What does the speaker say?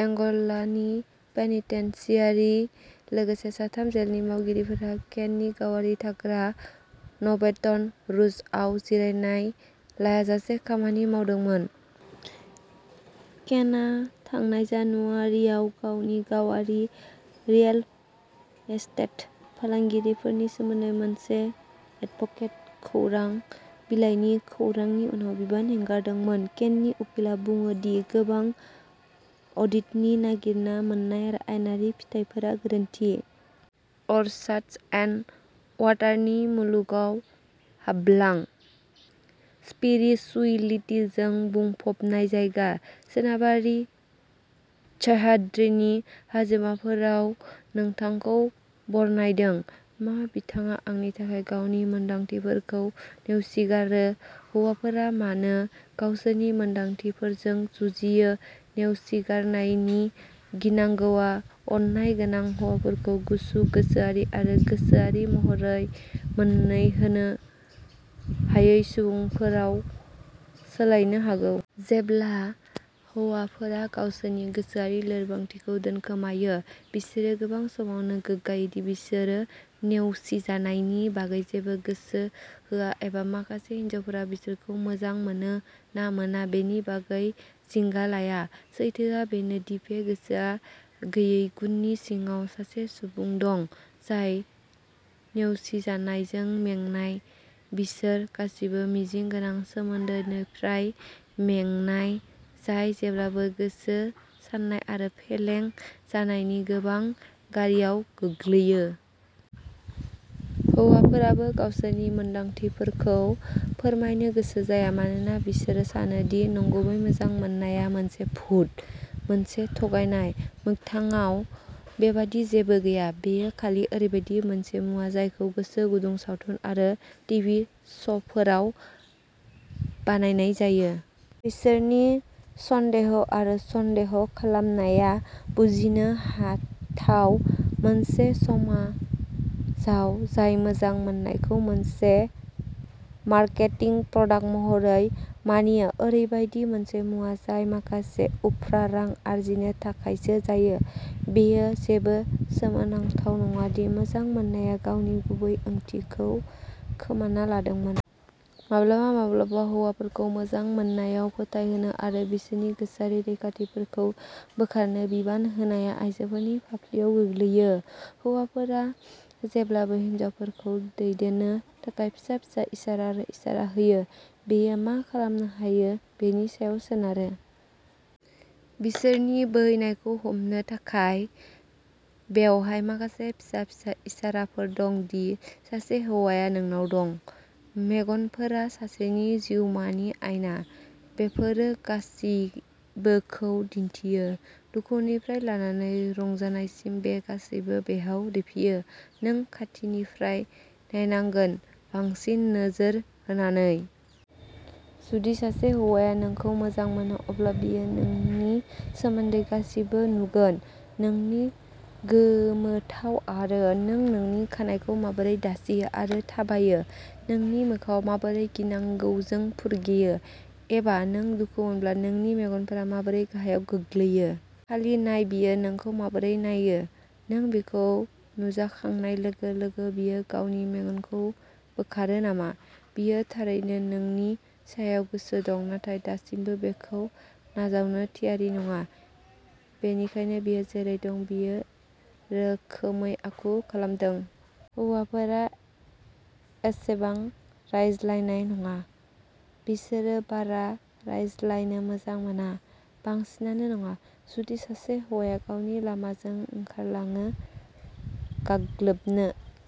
एंग'लानि penitentiary. लोगोसे, साथाम जेलनि मावगिरिफोरा केननि गावारि थाग्रा न'बेटन रूजआव जिरायनाय लायाजासे खामानि मावदोंमोन। केनआ थांनाय जानुवारिआव गावनि गावारि रिएल एस्टेट फालांगिफोरनि सोमोन्दै मोनसे एडभोकेट खौरां बिलाइनि खौरांनि उनाव बिबान एंगारदोंमोन। केननि उखिलआ बुङो दि गोबां अडिटनि नागिरना मोन्नाय आरो आयेनारि फिथाइफोरा गोरोन्थि। अर्चाड्स एन्ड वाटारनि मुलुगाव हाबलां। स्पिरिचुएलितिजों बुंफबनाय जायगा। सोनाबारि सह्याद्रिनि हाजोमाफोराव नोंथांखौ बरनायदों। मा बिथाङा आंनि थाखाय गावनि मोनदांथिफोरखौ नेवसिगारो हौवाफोरा मानो गावसोरनि मोनदांथिफोरजों जुजियो नेवसिगारनायनि गिनांगौआ अननाय गोनां हौवाफोरखौ गुसु गोसोआरि आरो गोसोआरि महरै मोनहैनो हायै सुबुंफोरआव सोलायनो हागौ। जेब्ला हौवाफोरा गावसोरनि गोसोआरि लोरबांथिखौ दोनखोमाङो, बिसोरो गोबां समावनो गोग्गायो दि बिसोरो नेवसिजानायनि बागै जेबो गोसो होआ एबा माखासे हिनजावफोरा बिसोरखौ मोजां मोनो ना मोना बेनि बागै जिंगा लाया। सैथोआ बेनो दि बे गोसो गैयै गुननि सिङाव सासे सुबुं दं जाय नेवसिजानायजों मेंनाय बिसोर गासिबो मिजिं गोनां सोमोन्दोफोरनिफ्राय मेंनाय, जाय जेब्लाबो गोसो सानाय आरो फेलें जानायनि गोबां गारियाव गोग्लैयो। हौवाफोराबो गावसोरनि मोनदांथिफोरखौ फोरमायनो गोसो जाया मानोना बिसोर सानो दि "नंगुबै मोजां मोननाया" मोनसे भुत, मोनसे थगायनाय। मोगथाङाव, बेबादि जेबो गैया। बेयो खालि ओरैबायदि मोनसे मुवा जायखौ गोसो गुदुं सावथुन आरो टिभि श'फोराव बानायनाय जायो। बिसोरनि सन्देह आरो सन्देह खालामनाया बुजिनो हाथाव। मोनसे समाजाव जाय मोजां मोननायखौ मोनसे मार्केटिं प्रडाक्ट महरै मानियो ओरैबायदि मोनसे मुवा जाय माखासे उफ्रा रां आर्जिनो थाखायसो जायो-बेयो जेबो सोमोनांथाव नङा दि मोजां मोननाया गावनि गुबै ओंथिखौ खोमाना लादोंमोन। माब्लाबा माब्लाबा हौवाफोरखौ मोजां मोननायाव फोथायहोनो आरो बिसोरनि गोसोआरि रैखाथिफोरखौ बोखारनो बिबान होनाया आइजोफोरनि फाफ्लियाव गोग्लैयो। हौवाफोरा जेब्लाबो हिनजावफोरखौ दैदेननो थाखाय फिसा फिसा इसारा आरो इसारा होयो। बेयो मा खालामनो हायो बेनि सायाव सोनारो। बिसोरनि बोहैनायखौ हमनो थाखाय। बेवहाय माखासे फिसा फिसा इसाराफोर दं दि सासे हौवाया नोंनाव दं। मेगनफोरा सासेनि जिउमानि आइना। बेफोरो गासिबोखौ दिन्थियो दुखुनिफ्राय लानानै रंजानायसिम बे गासैबो बेयाव रिफियो। नों खाथिनिफ्राय नायनांगोन, बांसिन नोजोर होनानै। जुदि सासे हौवाया नोंखौ मोजां मोनो अब्ला बियो नोंनि सोमोन्दै गासिबो नुगोन नोंनि गोमोथाव आरो नों नोंनि खानाइखौ माबोरै दांसियो आरो थाबायो नोंनि मोखांआ माबोरै गिनांगौजों फुरगेयो एबा नों दुखु मोनब्ला नोंनि मेगनफोरा माबोरै गाहायाव गोग्लैयो। खालि नाय बियो नोंखौ माबोरै नाययो। नों बिखौ नुजाखांनाय लोगो-लोगो बियो गावनि मेगनखौ बोखारो नामा? बियो थारैनो नोंनि सायाव गोसो दं नाथाय दासिमबो बेखौ नाजावनो थियारि नङा। बेनिखायनो बियो जेरै दं बे रोखोमै आखु खालामदों। हौवाफोरा एसेबां रायज्लायनाय नङा। बिसोर बारा रायज्लायनो मोजां मोना बांसिनानो नङा। जुदि सासे हौवाया गावनि लामाजों ओंखारलाङो गाग्लोबनो।